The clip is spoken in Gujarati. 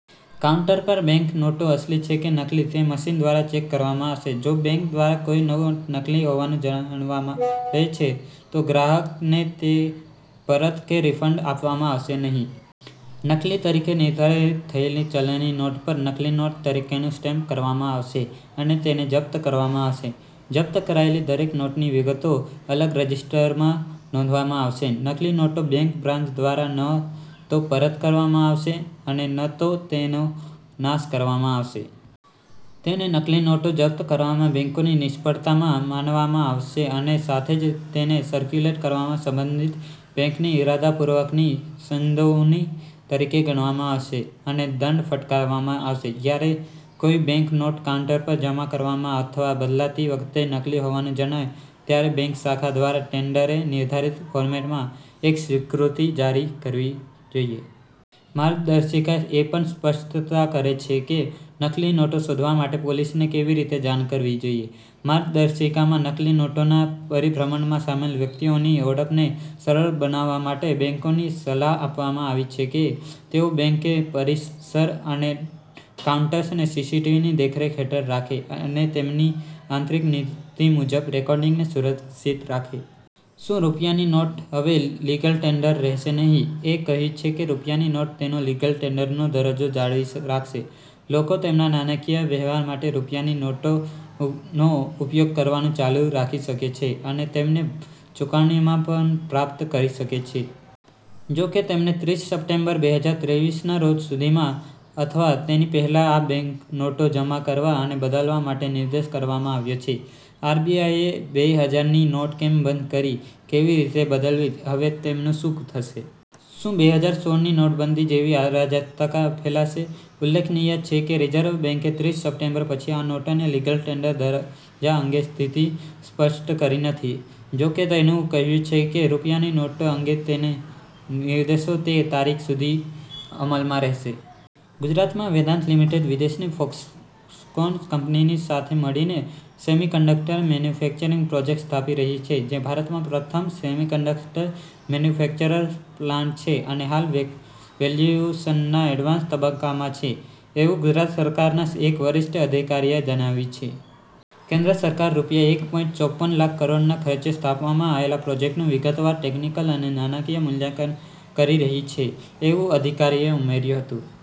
કાઉન્ટર પર બેંક નોટો અસલી છે કે નકલી તે મશીન દ્વારા ચેક કરવામાં આવશે. જો બેંક દ્વારા કોઈ નોટ નકલી હોવાનું જાણવા મળે છે, તો ગ્રાહકને તે પરત કે રિફંડ આપવામાં આવશે નહીં. નકલી તરીકે નિર્ધારિત થયેલી ચલણી નોટ પર "નકલી નોટ" તરીકેનું સ્ટેમ્પ કરવામાં આવશે અને તેને જપ્ત કરવામાં આવશે. જપ્ત કરાયેલી દરેક નોટની વિગતો અલગ રજીસ્ટરમાં નોંધવામાં આવશે. નકલી નોટો બેંક બ્રાન્ચ દ્વારા ન તો પરત કરવામાં આવશે અને ન તો તેનો નાશ કરવામાં આવશે. તેને નકલી નોટો જપ્ત કરવામાં બેંકોની નિષ્ફળતા માનવામાં આવશે અને સાથે જ તેને સર્ક્યુલેટ કરવામાં સંબંધિત બેંકની ઇરાદાપૂર્વકની સંડોવણી તરીકે ગણવામાં આવશે અને દંડ ફટકારવામાં આવશે. જ્યારે કોઈ બેંક નોટ કાઉન્ટર પર જમા કરવામાં અથવા બદલાતી વખતે નકલી હોવાનું જણાય છે, ત્યારે બેંક શાખા દ્વારા ટેન્ડરે નિર્ધારિત ફોર્મેટમાં એક સ્વીકૃતિ જારી કરવી જોઈએ. માર્ગદર્શિકા એ પણ સ્પષ્ટતા કરે છે કે નકલી નોટો શોધવા માટે પોલીસને કેવી રીતે જાણ કરવી જોઈએ. માર્ગદર્શિકામાં નકલી નોટોના પરિભ્રમણમાં સામેલ વ્યક્તિઓની ઓળખને સરળ બનાવવા માટે, બેંકોને સલાહ આપવામાં આવી છે કે તેઓ બેંક પરિસર અને કાઉન્ટર્સને સીસીટીવી દેખરેખ હેઠળ રાખે અને તેમની આંતરિક નીતિ મુજબ રેકોર્ડિંગને સુરક્ષિત રાખે. શું રૂપિયાની નોટ હવે લીગલ ટેન્ડર રહેશે નહીં? એ કહ્યું છે કે રૂપિયાની નોટ તેનો લીગલ ટેન્ડરનો દરજ્જો જાળવી રાખશે. લોકો તેમના નાણાંકીય વ્યવહાર માટે રૂપિયાની નોટોનો ઉપયોગ કરવાનું ચાલુ રાખી શકે છે અને તેમને ચુકવણીમાં પણ પ્રાપ્ત કરી શકે છે. જો કે, તેમને ત્રીસ સપ્ટેમ્બર, બેહજાર ત્રેવીસના રોજ સુધીમાં અથવા તેની પહેલાં આ બેંક નોટો જમા કરવા અને બદલાવવા માટે નિર્દેશ કરવામાં આવ્યો છે. આરબીઆઇ એ બે હજાર ની નોટ કેમ બંધ કરી, કેવી રીતે બદલવી, હવે તેમનું શું થશે. શું બે હજાર સોળ ની નોટબંધી જેવી અરાજકતા ફેલાશે? ઉલ્લેખનિય છે કે, રિઝર્વ બેંકે ત્રીસ સપ્ટેમ્બર પછી આ નોટોના લીગલ ટેન્ડર દરજ્જા અંગે સ્થિતિ સ્પષ્ટ કરી નથી. જો કે, તેણે કહ્યું છે કે રૂપિયાની નોટો અંગે તેના નિર્દેશો તે તારીખ સુધી અમલમાં રહેશે. ગુજરાતમાં વેદાંત લિમિટેડ વિદેશની ફોક્સકોન કંપનીની સાથે મળીને સેમિકન્ડક્ટર મેન્યુફેક્ચરિંગ પ્રોજેક્ટ સ્થાપી રહી છે. જે ભારતનો પ્રથમ સેમિકન્ડક્ટર મેન્યુફેક્ચર્સ પ્લાન્ટ છે અને હાલ "વેલ્યૂશનના એડવાન્સ તબક્કામાં" છે, એવું ગુજરાત સરકારના એક વરિષ્ઠ અધિકારીએ જણાવ્યું છે. કેન્દ્ર સરકાર રૂપિયા એક પોઈંટ ચોપન લાખ કરોડના ખર્ચે સ્થાપવામાં આવેલા પ્રોજેક્ટનું વિગતવાર ટેકનિકલ અને નાણાકીય મૂલ્યાંકન કરી રહી છે, એવું અધિકારીએ ઉમેર્યું હતું.